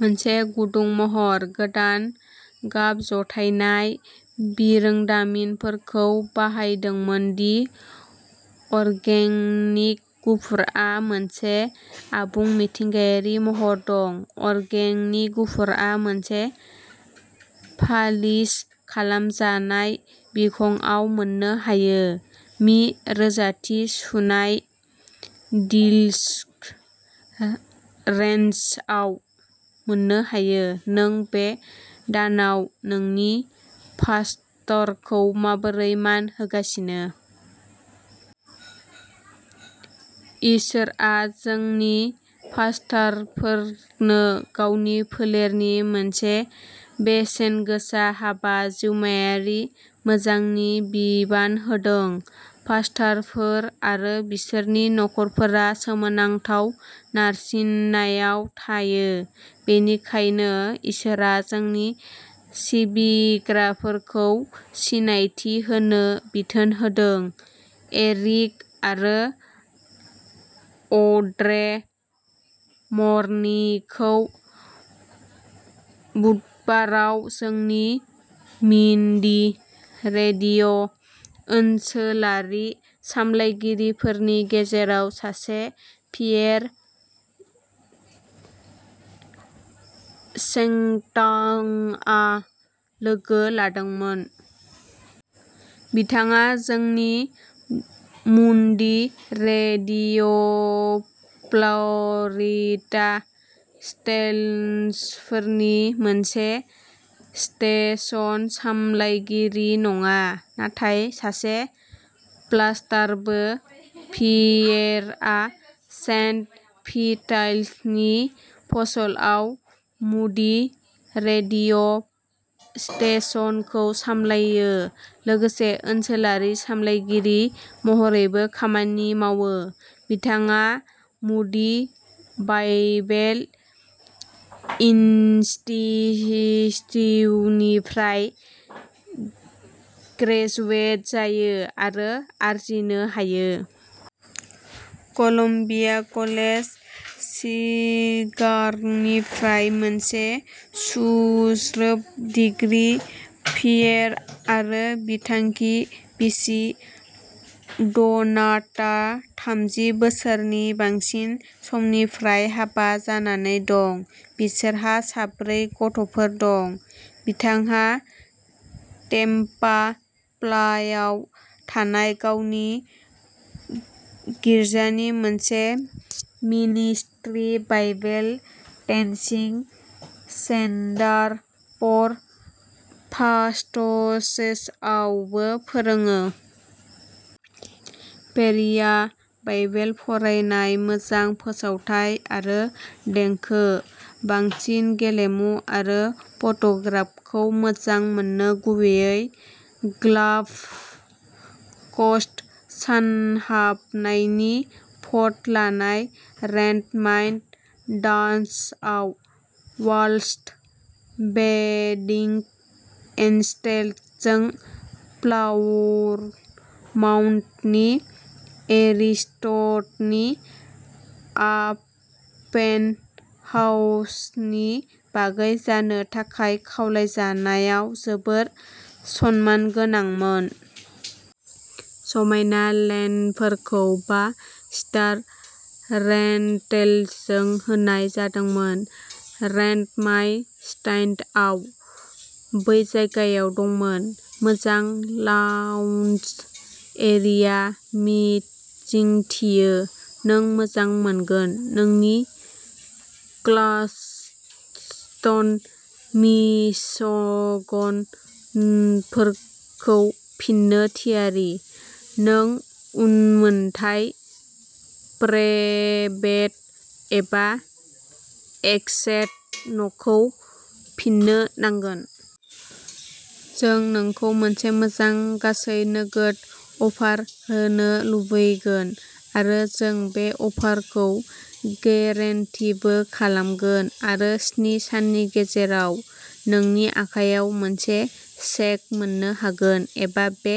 मोनसे गुदुं महर। गोदान गाब जथायनाय बिरोंदामिनफोरखौ बाहायदोंमोन दि अर्गेनिक गुफुरआ मोनसे आबुं मिथिंगायारि महर दं। अर्गेनिक गुफुरआ मोनसे पालिश खालामजानाय बिखंआव मोननो हायो। मि रोजाथि सुनाय डिलक्स रेन्जआव मोननो हायो। नों बे दानाव नोंनि पास्टरखौ माबोरै मान होगासिनो? इसोरआ जोंनि पास्टरफोरनो गावनि फालोनि मोनसे बेसेनगोसा हाबा जिउमायारि मोजांनि बिबान होदों। पास्टरफोर आरो बिसोरनि नखरफोरा सोमोनांथाव नारसिननायाव थायो। बेनिखायनो इसोरआ जोंनि सिबिग्राफोरखौ सिनायथि होनो बिथोन होदों। एरिक आरो अड्रे मर्निंखौ बुधबाराव जोंनि मुडी रेडिय' ओनसोलारि सामलायगिरिफोरनि गेजेराव सासे पियेर चेस्टांआ लोगो लादोंमोन। बिथाङा जोंनि मुडी रेडिय'फ्ल'रिडा स्टेशनफोरनि मोनसेनि स्टेशन सामलायगिरिल' नङा, नाथाय सासे पास्टरबो। पियेरआ सेन्ट पिटार्सबार्ग फ्ल'आव मुडी रेडिय' स्टेशनखौ सामलायो, लोगोसे ओनसोलारि सामलायगिरि महरैबो खामानि मावो। बिथाङा मुडी बाइबेल इनस्टिट्युटनिफ्राय ग्रेजुवेट जायो आरो आरजिनो हायो। कलम्बिया कलेज शिकाग'निफ्राय मोनसे सुंज्रोब डिग्री पियेर आरो बिथांनि बिसि डनाटा थामजि बोसोरनि बांसिन समनिफ्राय हाबा जानानै दं, बिसोरहा साब्रै गथ'फोर दं। बिथाङा टेम्पा फ्लायाव थानाय गावनि गिर्जानि मोनसे ministry, Bible training centre for पास्टर्सआवबो फोरोङो। पियेरआ बाइबेल फरायनाय, मोजां फोसावथाइ आरो देंखो, बांसिन गेलेमु आरो फट'ग्राफिखौ मोजां मोनो गुबैयै गाल्फ क'स्ट सानहाबनायनि फट' लानाय रेन्ट माइ डास्टआ वाल्टार वेडिंग एस्टेटजों फ्लावर माउन्डनि एरिस्टाइडनि अपेन हाउसनि बाहागो जानो थाखाय खावलायजानायाव जोबोद सनमानगोनांमोन। समायना लिनेनफोरखौ बा स्टार रेन्टेलजों होनाय जादोंमोन। रेन्ट माइ डास्टआ बै जायगायाव दंमोन। मोजां लाउन्ज एरिया मिजिंथियो नों मोजां मोनगोन! नोंनि क्लार्कस्टन मिशिगन न'खौ फान्नो थियारि? नोंनि उनमोनथाइ प्रबेट एबा एस्टेट न'खौ फान्नो नांगोन। जों नोंखौ मोनसे मोजां गासै नोगोद अफार होनो लुबैगोन। आरो जों बे अफारखौ गेरेन्टीबो खालामगोन आरो स्नि साननि गेजेराव नोंनि आखायाव मोनसे चेक मोन्नो हागोन। एबा बे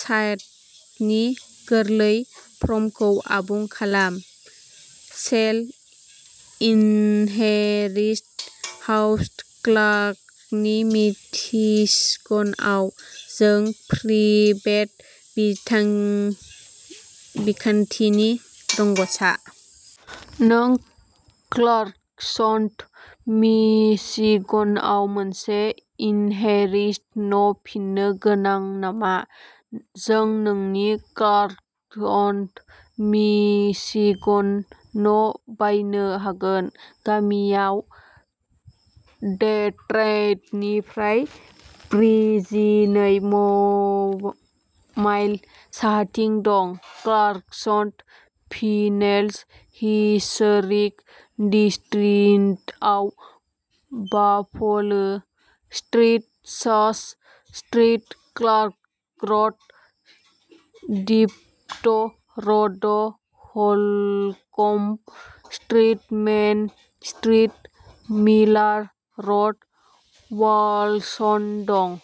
साइटनि गोरलै फर्मखौ आबुं खालाम। सेल इनहेरिटड हाउस क्लार्कस्टन मिशिगनआव जों प्रबेट बिखान्थिनि रोंग'सा। नों क्लार्कस्टन मिशिगनआव मोनसे इनहेरिटड न' फान्नो गोनां नामा? जों नोंनि क्लार्कस्टन मिशिगन न' बायनो हागोन। गामिया डेट्रइटनिफ्राय ब्रिजिनै माइल साहाथिं दं। क्लार्कस्टन भिलेज हिस्टोरिक डिस्ट्रिक्टआव Buffalo Street, Church Street, Clarkston Road, Depot Road, Holcomb Street, Main Street, Miller Road, Walden दं।